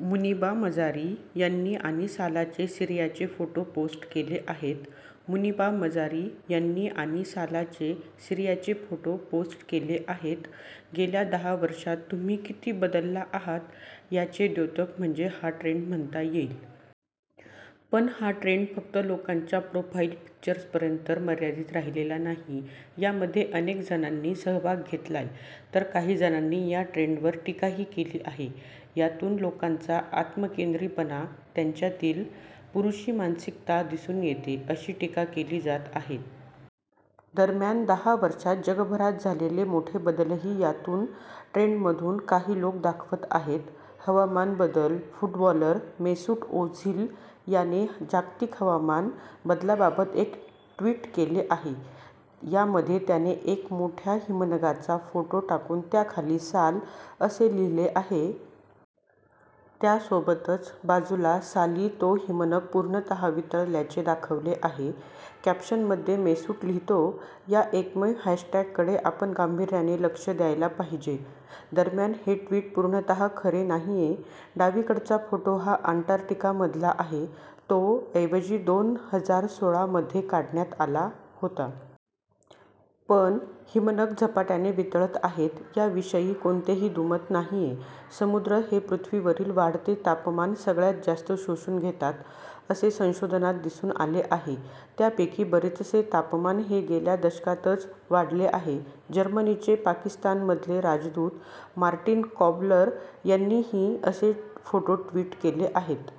मुनिबा मजारी यांनी आणि सालाचे सीरियाचे फोटो पोस्ट केले आहेत. मुनिबा मजारी यांनी आणि सालाचे सीरियाचे फोटो पोस्ट केले आहेत. गेल्या दहा वर्षांत तुम्ही किती बदलला आहात, याचे द्योतक म्हणजे हा ट्रेंड म्हणता येईल. पण हा ट्रेंड फक्त लोकांच्या प्रोफाईल पिक्चर्सपर्यंत मर्यादित राहिलेला नाही. यामध्ये अनेक जणांनी सहभाग घेतलाय तर काही जणांनी या ट्रेंडवर टीकाही केली आहे. यातून लोकांचा आत्मकेंद्रितपणा, त्यांच्यातील पुरुषी मानसिकता दिसून येते, अशी टीका केली जात आहे. दरम्यान, दहा वर्षांत जगभरात झालेले मोठे बदलही यातून ट्रेंडमधून काही लोक दाखवत आहेत. हवामान बदल - फुटबॉलर मेसूट ओझिल याने जागतिक हवामान बदलाबाबत एक ट्वीट केले आहे. यामध्ये त्याने एक मोठ्या हिमनगाचा फोटो टाकून त्याखाली साल, असे लिहिले आहे. त्यासोबतच बाजूला साली तो हिमनग पूर्णतः वितळल्याचे दाखवले आहे. कॅप्शनमध्ये मेसूट लिहितो, 'या एकमेव हॅशटॅग कडे आपण गांभीर्याने लक्ष द्यायला पाहिजे.' दरम्यान हे ट्वीट पूर्णतः खरे नाहीये. डावीकडचा फोटो हा अंटार्क्टिकामधला आहे. तो ऐवजी दोन हजार सोळा मध्ये काढण्यात आला होता. पण, हिमनग झपाट्याने वितळत आहेत, याविषयी कोणतेही दुमत नाहीये. समुद्र हे पृथ्वीवरील वाढते तापमान सगळ्यात जास्त शोषून घेतात, असे संशोधनात दिसून आले आहे. त्यापैकी बरेचसे तापमान हे गेल्या दशकातच वाढले आहे. जर्मनीचे पाकिस्तानमधले राजदूत मार्टिन कॉबलर यांनीही असे फोटो ट्वीट केले आहेत.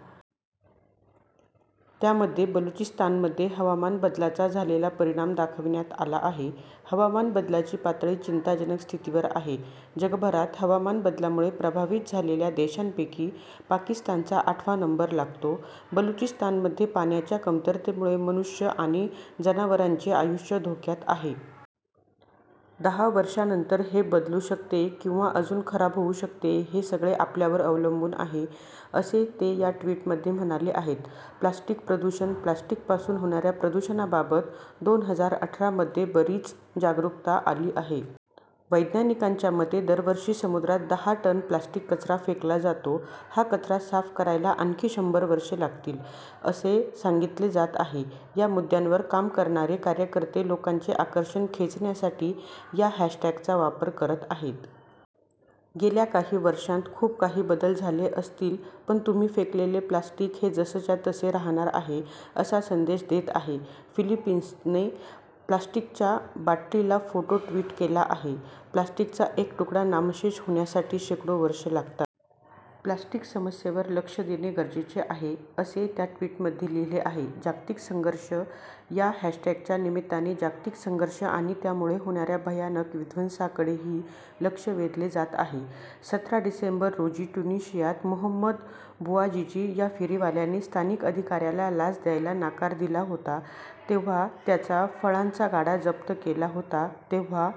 त्यामध्ये बलुचिस्तानमध्ये हवामान बदलाचा झालेला परिणाम दाखवण्यात आला आहे. 'हवामान बदलाची पातळी चिंताजनक स्थितीवर आहे. जगभरात हवामान बदलामुळे प्रभावित झालेल्या देशांपैकी पाकिस्तानचा आठवा नंबर लागतो. बलुचिस्तानमध्ये पाण्याच्या कमतरतेमुळे मनुष्य आणि जनावरांचे आयुष्य धोक्यात आहे. दहा वर्षांनंतर हे बदलू शकते किंवा अजून खराब होऊ शकते. हे सगळे आपल्यावर अवलंबून आहे,' असे ते या ट्वीटमध्ये म्हणाले आहेत. प्लास्टिक प्रदूषण - प्लास्टिकपासून होणाऱ्या प्रदूषणाबाबत दोन हजार अठरा मध्ये बरीच जागरूकता आली आहे. वैज्ञानिकांच्या मते दरवर्षी समुद्रात दहा टन प्लास्टिक कचरा फेकला जातो. हा कचरा साफ करायला आणखी शंभर वर्षे लागतील, असे सांगितले जात आहे. या मुद्द्यांवर काम करणारे कार्यकर्ते लोकांचे आकर्षण खेचण्यासाठी या हॅशटॅगचा वापर करत आहेत. गेल्या काही वर्षांत खूप काही बदल झाले असतील पण तुम्ही फेकलेले प्लास्टिक हे जसंच्या तसे राहणार आहे, असा संदेश देत आहेत. फिलिपिन्सने प्लास्टिकच्या बाटलीचा फोटो ट्वीट केला आहे. 'प्लास्टिकचा एक तुकडा नामशेष होण्यासाठी शेकडो वर्षे लागतात. प्लास्टिक समस्येवर लक्ष देणे गरजेचे आहे,' असे त्या ट्वीटमध्ये लिहिले आहे. जागतिक संघर्ष - या हॅशटॅगच्या निमित्ताने जागतिक संघर्ष आणि त्यामुळे होणाऱ्या भयानक विध्वंसाकडेही लक्ष वेधले जात आहे. सतरा डिसेंबर रोजी ट्युनिशियात मोहम्मद बुआजिजी या फेरीवाल्याने स्थानिक अधिकाऱ्याला लाच द्यायला नकार दिला होता. तेव्हा त्याचा फळांचा गाडा जप्त केला होता. तेव्हा